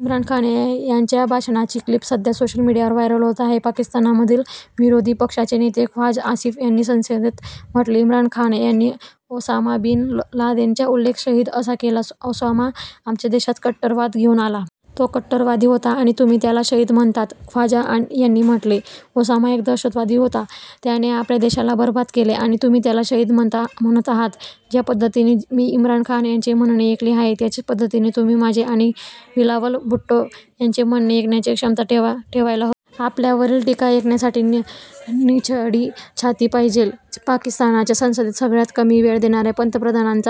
इम्रान खान यांच्या भाषणाची क्लिप सध्या सोशल मीडियावर व्हायरल होत आहे. पाकिस्तानमधील विरोधी पक्षाचे नेते ख्वाजा आसिफ यांनी संसदेत म्हटले, इम्रान खान यांनी ओसामा बिन लादेनचा उल्लेख शहीद असा केला. ओसामा आमच्या देशात कट्टरवाद घेऊन आला. तो कट्टरवादी होता आणि तुम्ही त्याला शहीद म्हणता? ख्वाजा यांनी म्हटले, ओसामा एक दहशतवादी होता. त्याने आपल्या देशाला बरबाद केले आणि तुम्ही त्याला शहीद म्हणत आहात? ज्या पद्धतीने मी इम्रान खान यांचे म्हणणे ऐकले आहे, त्याच पद्धतीने तुम्ही माझे आणि बिलावल भुट्टो यांचे म्हणणे ऐकण्याची क्षमता ठेवायला हवी. आपल्यावरील टीका ऐकण्यासाठी निधडी छाती पाहिजे. पाकिस्तानच्या संसदेत सगळ्यात कमी वेळ देणारे पंतप्रधान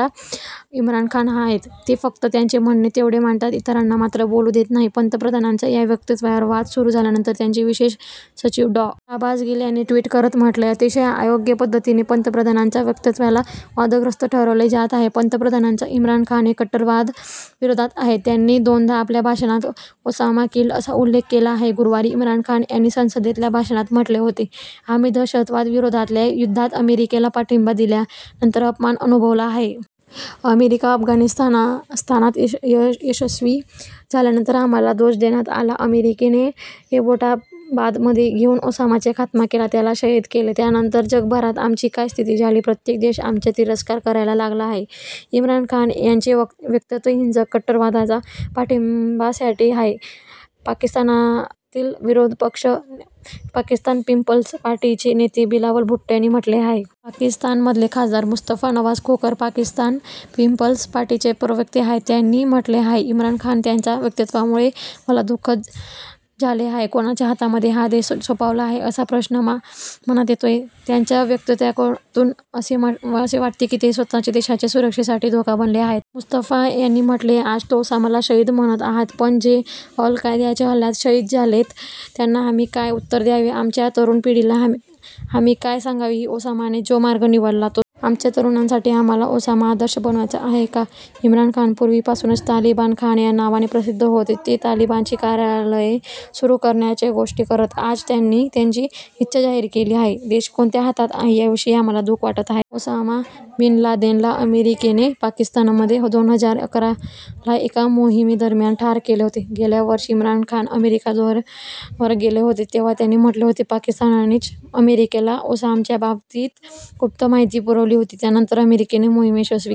इम्रान खान आहेत. ते फक्त त्यांचे म्हणणे तेवढे मांडतात. इतरांना मात्र बोलू देत नाहीत. पंतप्रधानांच्या या वक्तव्यावर वाद सुरू झाल्यानंतर त्यांचे विशेष सचिव डॉ. शाहबाज गिल यांनी ट्वीट करत म्हटले, अतिशय अयोग्य पद्धतीने पंतप्रधानांच्या वक्तव्याला वादग्रस्त ठरवले जात आहे. पंतप्रधान इम्रान खान हे कट्टरवादाविरोधात आहेत. त्यांनी दोनदा आपल्या भाषणात ओसामा किल्ड असा उल्लेख केला आहे. गुरुवारी इम्रान खान यांनी संसदेतल्या भाषणात म्हटले होते, आम्ही दहशतवादाविरोधातल्या युद्धात अमेरिकेला पाठिंबा दिल्यानंतर अपमान अनुभवला आहे. अमेरिका अफगाणिस्तानात अयशस्वी झाल्यानंतर आम्हाला दोष देण्यात आला. अमेरिकेने एबोटाबादमध्ये येऊन ओसामाचा खात्मा केला, त्याला शहीद केले. त्यानंतर जगभरात आमची काय स्थिती झाली, प्रत्येक देश आमचा तिरस्कार करायला लागला आहे. इम्रान खान यांचे वक्तव्य हिंसक कट्टरवादाच्या पाठिंब्यासाठी आहे, असे पाकिस्तानातील विरोधी पक्ष पाकिस्तान पीपल्स पार्टीचे नेते बिलावल भुट्टो यांनी म्हटले आहे. पाकिस्तानमधले खासदार मुस्तफा नवाझ खोखर पाकिस्तान पीपल्स पार्टीचे प्रवक्ते आहेत. त्यांनी म्हटले आहे, इम्रान खान यांच्या वक्तव्यामुळे मला दु:ख झाले आहे. कुणाच्या हातांमध्ये हा देश सोपावला आहे, असा प्रश्न मनात येतोय. त्यांच्या वक्त्यातून असे वाटते की ते स्वतःच देशाच्या सुरक्षेसाठी धोका बनले आहेत. मुस्तफा यांनी म्हटले, आज ते ओसामाला शहीद म्हणत आहेत. पण, जे अल-कायद्याच्या हल्ल्यात शहीद झालेत, त्यांना आम्ही काय उत्तर द्यावे? आमच्या तरुण पिढीला आम्ही काय सांगावे की ओसामाने जो मार्ग निवडला, तोच निवडा? आमच्या तरुणांसाठी आम्हाला ओसामा आदर्श बनवायचा आहे का? इम्रान खान पूर्वीपासूनच तालिबान खान या नावाने प्रसिद्ध होते. ते तालिबानची कार्यालये सुरू करण्याच्या गोष्टी करत. आज त्यांनी त्यांची इच्छा जाहीर केली आहे. देश कोणत्या हातात आहे, याविषयी आम्हाला दु:ख वाटत आहे. ओसामा बिन-लादेनला अमेरिकेने पाकिस्तानमध्ये दोन हजार अकराला एका मोहिमेदरम्यान ठार केले होते. गेल्या वर्षी इम्रान खान अमेरिका दौऱ्यावर गेले होते, तेव्हा त्यांनी म्हटले होते, पाकिस्ताननेच अमेरिकेला ओसामाच्या बाबतीत गुप्त माहिती पुरवली होती. त्यानंतर अमेरिकेने मोहीम यशस्वी केली.